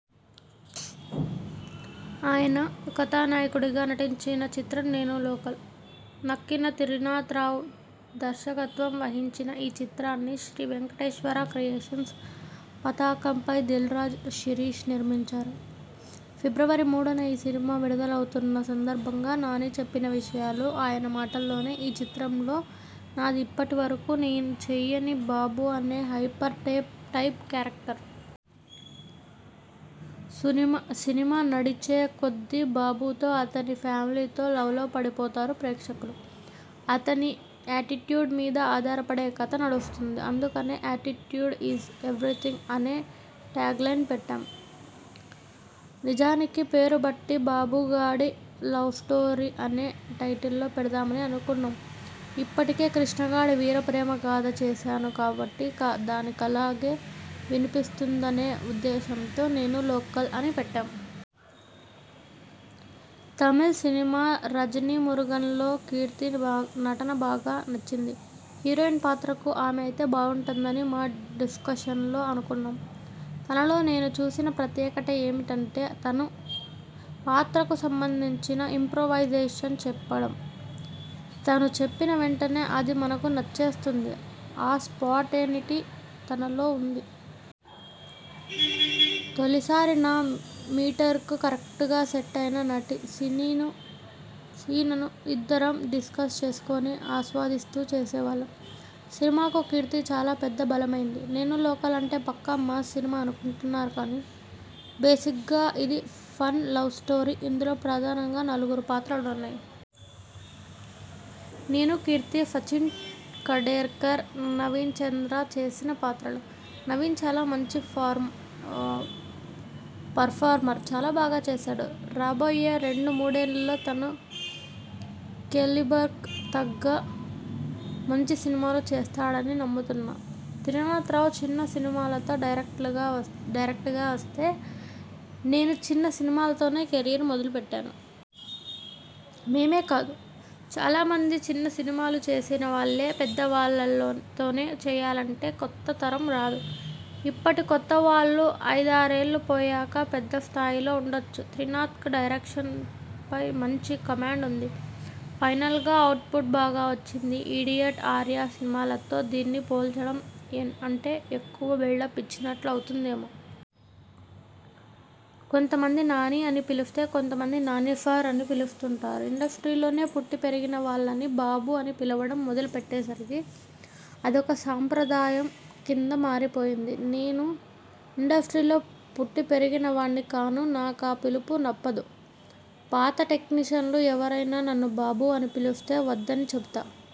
ఆయన కథానాయకుడిగా నటించిన చిత్రం 'నేను లోకల్'. నక్కిన త్రినాథరావు దర్శకత్వం వహించిన ఈ చిత్రాన్ని శ్రీ వెంకటేశ్వర క్రియేషన్స్ పతాకంపై దిల్ రాజు, శిరీష్ నిర్మించారు. ఫిబ్రవరి మూడున ఈ సినిమా విడుదలవుతున్న సందర్భంగా నాని చెప్పిన విషయాలు ఆయన మాటల్లోనేఈ చిత్రంలో నాది ఇప్పటివరకూ నేను చెయ్యని బాబు అనే hyper tape type character. Cinema cinema నడిచే కొద్దీ బాబుతో, అతని ఫ్యామిలీతో లవ్లో పడిపోతారు ప్రేక్షకులు. అతని యాటిట్యూడ్ మీద ఆధారపడే కథ నడుస్తుంది. అందుకనే 'యాటిట్యూడ్ ఈజ్ ఎవిరిథింగ్' అనే ట్యాగ్లైన్ పెట్టాం. నిజానికి పేరుబట్టి 'బాబుగాడి లవ్స్టోరీ' అనే టైటిలో పెడదామని అనుకున్నాం. ఇప్పటికే 'కృష్ణగాడి వీరప్రేమగాథ' చేశాను కాబట్టి, కి దానికలాగే వినిపిస్తుందనే ఉద్దేశంతో 'నేను లోకల్' అని పెట్టాం. తమిళ్ సినిమా 'రజనీ మురుగన్'లో కీర్తిని బాగా నటన బాగా నచ్చింది. హీరోయిన్ పాత్రకు ఆమె అయితే బాగుంటుందని మా డిస్కషన్స్లో అనుకున్నాం. తనలో నేను చూసిన ప్రత్యేకట ఏమిటంటే.. తను పాత్రకు సంబంధించిన ఇంప్రొవైజేషన్ చెప్పడం. తను చెప్పిన వెంటనే అది మనకు నచ్చేస్తుంది. ఆ స్పాంటేనిటీ తనలో ఉంది. తొలిసారి నా మీటర్కు కరెక్టుగా సెట్ అయిన నటి. సీనీను సీనును ఇద్దరం డిస్కస్ చేసుకొని, ఆస్వాదిస్తూ చేసేవాళ్లం. సినిమాకు కీర్తి చాలా పెద్ద బలమైంది. 'నేను లోకల్' అంటే పక్కా మాస్ సినిమా అనుకుంటున్నారు కానీ, బేసిగ్గా ఇది ఫన్ లవ్స్టోరీ. ఇందులో ప్రధానంగా నలుగురు పాత్రలున్నాయి. నేను, కీర్తి, సచిన్ ఖడేకర్, నవీనచంద్ర చేసిన పాత్రలు. నవీన చాలా మంచి ఫర్మ పర్ఫార్మర్. చాలా బాగా చేశాడు. రాబోయే రెండు మూడేళ్లలో తను కేలిబర్క్ తగ్గ మంచి సినిమాలు చేస్తాడని నమ్ముతున్నా. త్రినాథరావు చిన్న సినిమాలతో డైరెక్ట్లుగా డైరెక్టర్గా వస్తే, నేనూ చిన్న సినిమాలతోనే కెరీర్ మొదలుపెట్టాను. మేమే కాదు, చాలామంది చిన్న సినిమాలు చేసినవాళ్లే. పెద్దవాళ్లలతోనే చెయ్యాలంటే కొత్త తరం రాదు. ఇప్పటి కొత్తవాళ్లు ఐదారేళ్లు పోయాక పెద్ద స్థాయిలో ఉండొచ్చు. త్రినాథ్కు డైరెక్షన్పై మంచి కమాండ్ ఉంది. ఫైనల్గా ఔట్పుట్ బాగా వచ్చింది. 'ఇడియట్', 'ఆర్య' సినిమాలతో దీన్ని పోల్చడం ఎ అంటే ఎక్కువ బిల్డప్ ఇచ్చినట్లు అవుతుందేమో. కొంతమంది 'నాని' అని పిలిస్తే, కొంతమంది 'నాని సార్' అని పిలుస్తుంటారు. ఇండస్ట్రీలోనే పుట్టి పెరిగినవాళ్లని బాబు అని పిలవడం మొదలుపెట్టేసరికి అదొక సాంప్రదాయం కింద మారిపోయింది. నేను ఇండస్ట్రీలో పుట్టిపెరిగినవాడ్ని కాను. నాకా పిలుపు నప్పదు. పాత టెక్నీషియన్లు ఎవరైనా నన్ను 'బాబూ' అని పిలిస్తే వద్దని చెబుతా.